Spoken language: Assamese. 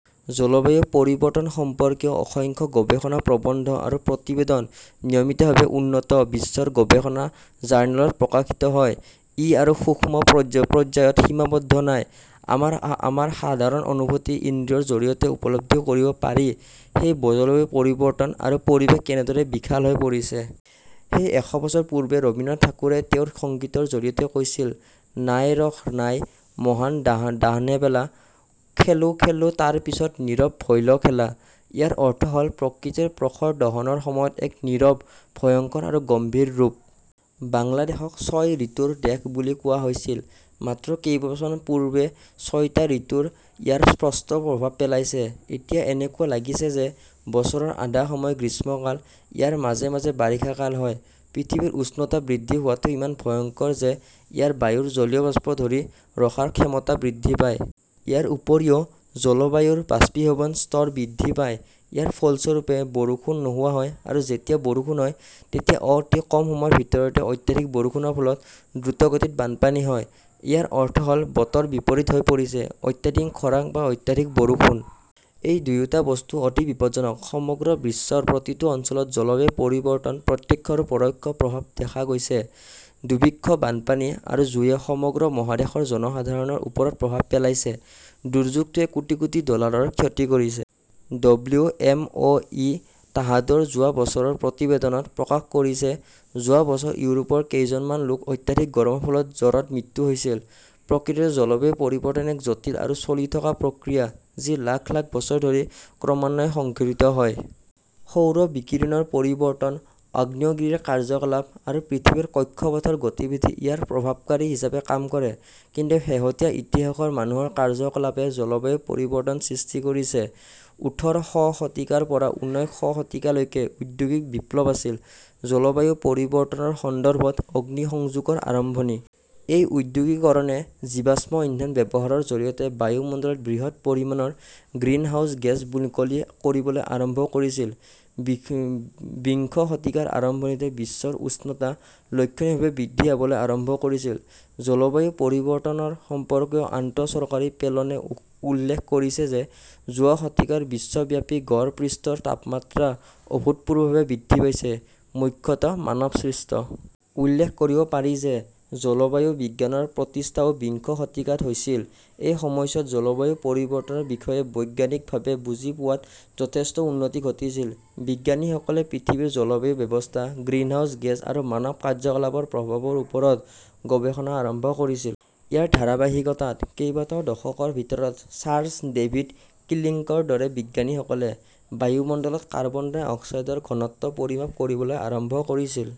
জলবায়ু পৰিৱৰ্তন সম্পৰ্কীয় অসংখ্য গৱেষণা প্ৰবন্ধ আৰু প্ৰতিবেদন নিয়মিতভাৱে উন্নত বিশ্বৰ গৱেষণা জাৰ্নেলত প্ৰকাশিত হয়। ই আৰু সূক্ষ্ম পৰ্যায়ত সীমাবদ্ধ নাই, আমাৰ সাধাৰণ অনুভূতি-ইন্দ্ৰিয়ৰ জৰিয়তে উপলব্ধি কৰিব পাৰি, সেই জলবায়ু পৰিৱৰ্তন আমাৰ পৰিৱেশত কেনেদৰে বিশাল হৈ পৰিছে। সেই এশ বছৰ পূৰ্বে ৰবীন্দ্ৰনাথ ঠাকুৰে তেওঁৰ সংগীতৰ জৰিয়তে কৈছিল, 'নাই ৰস নাই, মহান দাহনেবেলা। খেলো খেলো তাৰপিছত নীৰৱ ভৈৰৱ খেলা। ইয়াৰ অৰ্থ হ'ল, প্ৰকৃতিৰ প্ৰখৰ দাহনৰ সময়ত এক নীৰৱ, ভয়ংকৰ আৰু গম্ভীৰ ৰূপ। বাংলাদেশক ছয় ঋতুৰ দেশ বুলি কোৱা হৈছিল। মাত্ৰ কেইবছৰমান পূৰ্বে ছয়টা ঋতুই ইয়াৰ স্পষ্ট প্ৰভাৱ পেলাইছে। এতিয়া এনেকুৱা লাগিছে যে, বছৰৰ আধা সময় গ্ৰীষ্মকাল। ইয়াৰ মাজে মাজে বাৰিষা কাল হয়। পৃথিৱীৰ উষ্ণতা বৃদ্ধি হোৱাটো ইমান ভয়ংকৰ যে, ইয়াৰ বায়ুত জলীয় বাষ্প ধৰি ৰখাৰ ক্ষমতা বৃদ্ধি পায়। ইয়াৰ উপৰিও জলাশয়ৰ পৰা বাষ্পীভৱনৰ স্তৰ বৃদ্ধি পায়। ইয়াৰ ফলস্বৰূপে, বৰষুণ নোহোৱা হয় আৰু যেতিয়া বৰষুণ হয়, তেতিয়া অতি কম সময়ৰ ভিতৰতে অত্যধিক বৰষুণৰ ফলত দ্ৰুতগতিত বানপানী হয়। ইয়াৰ অৰ্থ হ'ল বতৰ বিপৰীত হৈ পৰিছে, অত্যাধিক খৰাং বা অত্যাধিক বৰষুণ। এই দুয়োটা বস্তু অতি বিপদজনক। সমগ্ৰ বিশ্বৰ প্ৰতিটো অঞ্চলত জলবায়ু পৰিৱৰ্তনৰ প্ৰত্যক্ষ বা পৰোক্ষ প্ৰভাৱ দেখা গৈছে। দুৰ্ভিক্ষ, বানপানী আৰু জুইয়ে সমগ্ৰ মহাদেশৰ জনসাধাৰণৰ ওপৰত প্ৰভাৱ পেলাইছে। দুৰ্যোগটোৱে কোটি কোটি ডলাৰৰ ক্ষতি কৰিছে। ডব্লিউ এম অ'এ তাহাদৰ যোৱা বছৰৰ প্ৰতিবেদনত প্ৰকাশ কৰিছে, যোৱা বছৰ ইউৰোপত কেইজনমন লোকৰ অত্যধিক গৰমৰ ফলত জ্বৰত মৃত্যু হৈছিল। প্ৰকৃততে জলবায়ু পৰিৱৰ্তন এক জটিল আৰু চলি থকা প্ৰক্ৰিয়া, যি লাখ লাখ বছৰ ধৰি ক্ৰমান্বয়ে সংঘটিত হয়। সৌৰ বিকিৰণৰ পৰিৱৰ্তন, আগ্নেয়গিৰিৰ কাৰ্যকলাপ আৰু পৃথিৱীৰ কক্ষপথৰ গতিবিধি ইয়াৰ প্ৰভাৱকাৰী হিচাপে কাম কৰে; কিন্তু শেহতীয়া ইতিহাসত মানুহৰ কাৰ্যকলাপে জলবায়ু পৰিৱৰ্তনৰ সৃষ্টি কৰিছে। উঠৰ শ শতিকাৰ পৰা ঊনৈশ শ শতিকালৈকে ঔদ্যোগিক বিপ্লৱ আছিল, জলবায়ু পৰিৱৰ্তনৰ সন্দৰ্ভত অগ্নিসংযোগৰ আৰম্ভণি। এই ঔদ্যোগিকৰণে জীৱাশ্ম ইন্ধন ব্যৱহাৰৰ জৰিয়তে বায়ুমণ্ডলত বৃহৎ পৰিমাণৰ গ্ৰীনহাউছ গেছ মুকলি কৰিবলৈ আৰম্ভ কৰিছিল। বিংশ শতিকাৰ আৰম্ভণিতে বিশ্বৰ উষ্ণতা লক্ষণীয়ভাৱে বৃদ্ধি পাবলৈ আৰম্ভ কৰিছিল। জলবায়ু পৰিৱৰ্তন সম্পৰ্কীয় আন্তঃ চৰকাৰী পেনেলে উল্লেখ কৰিছে যে, যোৱা শতিকাত বিশ্বব্যাপী গড় পৃষ্ঠৰ তাপমাত্ৰা অভূতপূৰ্বভাৱে বৃদ্ধি পাইছে, মুখ্যতঃ মানৱ-সৃষ্ট। উল্লেখ কৰিব পাৰি যে, জলবায়ু বিজ্ঞানৰ প্ৰতিষ্ঠাও বিংশ শতিকাত হৈছিল। এই সময়ছোৱাত জলবায়ু পৰিৱৰ্তনৰ বিষয়ে বৈজ্ঞানিকভাৱে বুজি পোৱাত যথেষ্ট উন্নতি ঘটিছিল। বিজ্ঞানীসকলে পৃথিৱীৰ জলবায়ু ব্যৱস্থা, গ্ৰীনহাউছ গেছ আৰু মানৱ কাৰ্যকলাপৰ প্ৰভাৱৰ ওপৰত গৱেষণা আৰম্ভ কৰিছিল। ইয়াৰ ধাৰাবাহিকতাত কেইবাটাও দশকৰ ভিতৰত চাৰ্লছ ডেভিড কিলিংৰ দৰে বিজ্ঞানীসকলে বায়ুমণ্ডলত কাৰ্বন ডাই অক্সাইডৰ ঘনত্ব পৰিমাপ কৰিবলৈ আৰম্ভ কৰিছিল।